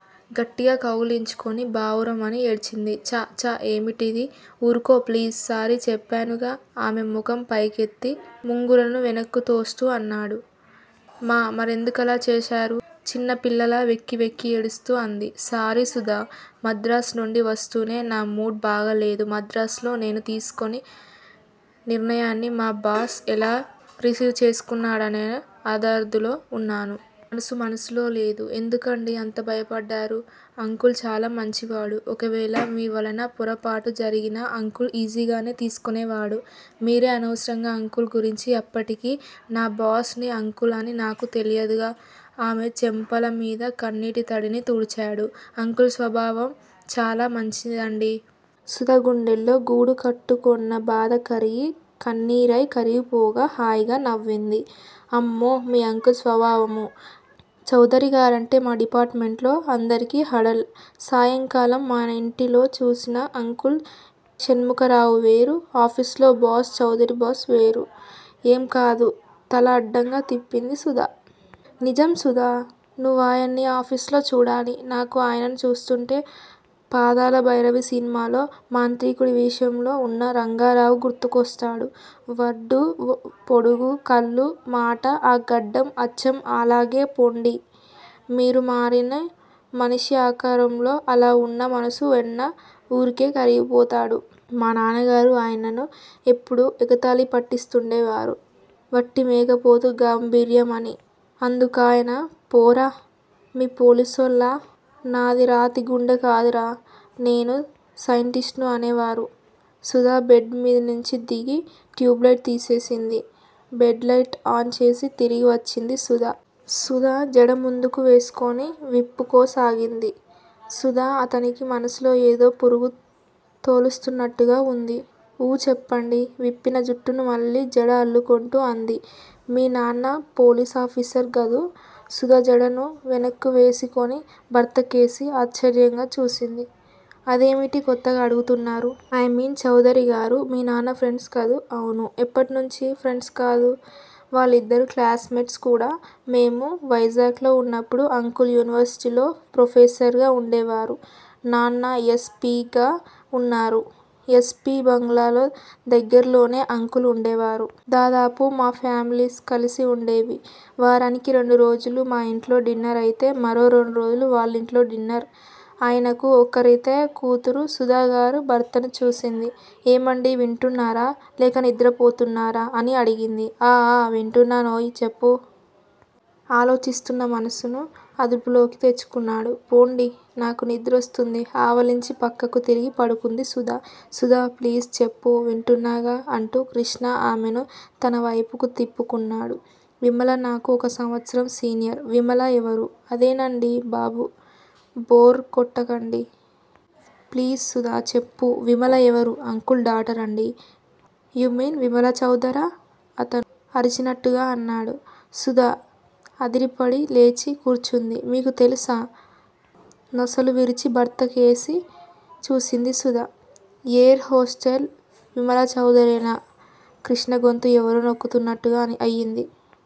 గట్టిగా కౌగలించుకొని బావురుమని ఏడ్చింది. ఛ! ఛ! ఏమిటిది? ఊరుకో ప్లీజ్ సారీ చెప్పానుగా? ఆమె ముఖం పైకెత్తి ముంగురులను వెనక్కు తోస్తూ అన్నాడు. మ మరెందుకలా చేశారు? చిన్నపిల్లలా వెక్కివెక్కి ఏడుస్తూ అంది. సారీ సుధా! మద్రాసునుండి వస్తూనే నా మూడ్ బాగా లేదు మద్రాసులో నేను తీసికొనిన నిర్ణయాన్ని మా బాస్ ఎలా రిసీవ్ చేసుకుంటాడోననే ఆదుర్దాలో వున్నాను. మనసు మనసులో లేదు. ఎందుకండీ అంత భయపడ్డారూ? అంకుల్ చాలా మంచివాడు. ఒకవేళ మీవలన పొరపాటు జరిగినా అంకుల్ ఈజీగానే తీసుకొనేవాడు. మీరే అనవసరంగా అంకుల్ గురించి అప్పటికి నా బాస్ నీ అంకుల్ అని నాకు తెలియదుగా? ఆమె చెంపలమీద కన్నీటితడిని తుడిచాడు. అంకుల్ స్వభావం చాలా మంచిదండీ! సుధ గుండెల్లో గూడుకట్టుకొన్న బాధ కరిగి కన్నీరయి కరిగిపోగా, హాయిగా నవ్వింది. అమ్మో! మీ అంకుల్ స్వభావమూ? చౌదరిగారంటే మా డిపార్టుమెంట్ లో అందరికీ హడల్. సాయంకాలం మన ఇంటిలో చూసిన అంకుల్ షణ్ముఖరావు వేరు. ఆఫీస్ లో బాస్-చౌదరీసాబ్ వేరు. ఏం కాదు తల అడ్డంగా తిప్పింది సుధ. నిజం సుధా. నువ్వాయన్ని ఆఫీసులో చూడాలి. నాకు ఆయనను చూస్తుంటే పాతాళభైరవి సినిమాలో మాంత్రికుడి వేషంలో వున్న రంగారావు గుర్తుకొస్తాడు. వడ్డూ, పొడుగూ, కళ్ళూ, మాటా, ఆ గడ్డం, అచ్చం అలాగే పోండీ! మీరు మరీనూ? మనిషి ఆకారంలో అలా వున్నా మనసు వెన్న- ఊరికె కరిగిపోతాడు. మానాన్నగారు ఆయనను ఎప్పుడూ ఎగతాళి పట్టిస్తుండేవారు. వట్టి మేకపోతు గాంభీర్యం అని. అందుకాయన- పోరా! మీ పోలీసోళ్ళలా నాది రాతిగుండె కాదురా! నేను సైంటిస్టును అనేవారు. సుధ బెడ్ మీదినుంచి దిగి ట్యూబ్ లైటు తీసేసింది. బెడ్ లైట్ ఆన్ చేసి తిరిగి వచ్చింది. సుధా? సుధ జడముందుకు వేసుకొని విప్పుకోసాగింది. సుధా! అతనికి మనసులో ఏదో పురుగు తొలుస్తున్నట్టుగా వుంది. ఊఁ చెప్పండి. విప్పిన జుట్టును మళ్ళీ జడ అల్లుకొంటూ అంది. మీ నాన్న పోలీసాఫీసారు గదూ? సుధ జడను వెనక్కు వేసికొని భర్తకేసి ఆశ్చర్యంగా చూసింది. అదేమిటి కొత్తగా అడుగుతున్నారూ? ఐ మీన్ చౌదరిగారూ, మీ నాన్న ఫ్రెండ్స్ కదూ? అవునూ! ఎప్పటినుంచీ? ఫ్రెండ్సే కాదు. వాళ్ళిద్దరూ క్లాస్ మేట్సు కూడా. మేము వైజాగ్ లో ఉన్నప్పుడు అంకుల్ యూనివర్సిటీ లో ప్రొఫెసర్ గా వుండేవారు. నాన్న యస్. పి. గా ఉన్నారు. యస్పీ బంగళాల దగ్గరలోనే అంకుల్ వుండేవారు. దాదాపు మా ఫామిలీస్ కలిసే వుండేవి. వారానికి రెండు రోజులు మా ఇంట్లో డిన్నర్ అయితే మరో రెండురోజులు వాళ్ళింట్లో డిన్నర్ ఆయనాకూ ఒక్కరితే కూతురు సుధ ఆగి భర్తను చూసింది. ఏమండీ వింటున్నారా? లేక నిద్రపోతున్నారా? అని అడిగింది. ఆఁ ఆఁ వింటున్నానోయ్ చెప్పూ? ఆలోచిస్తున్న మనసును అదుపులోకి తెచ్చుకున్నాడు. పొండి! నాకు నిద్రొస్తోంది ఆవలించి పక్కకు తిరిగి పడుకుంది సుధ. సుధా! ప్లీజ్ చెప్పు వింటున్నాగా అంటూ కృష్ణ ఆమెను తన వైపుకు తిప్పుకున్నాడు. విమల నాకు ఒక సంవత్సరం సీనియర్. విమలా? ఎవరూ? అదేనండీ బాబు! బోర్ కొట్టకండి. ప్లీజ్ సుధా? చెప్పు. విమల ఎవరూ! అంకుల్ డాటరండీ. యూ మీన్ విమలాచౌదరా? అతను అరిచినట్టుగా అన్నాడు. సుధ అదిరిపడి లేచి కూర్చుంది. మీకు తెలుసా? నొసలు విరిచి భర్త కేసి చూసింది సుధ. ఎయిర్ హోస్టెస్ విమలాచౌదరేనా? కృష్ణ గొంతు ఎవరో నొక్కుతున్నట్టుగా అయింది.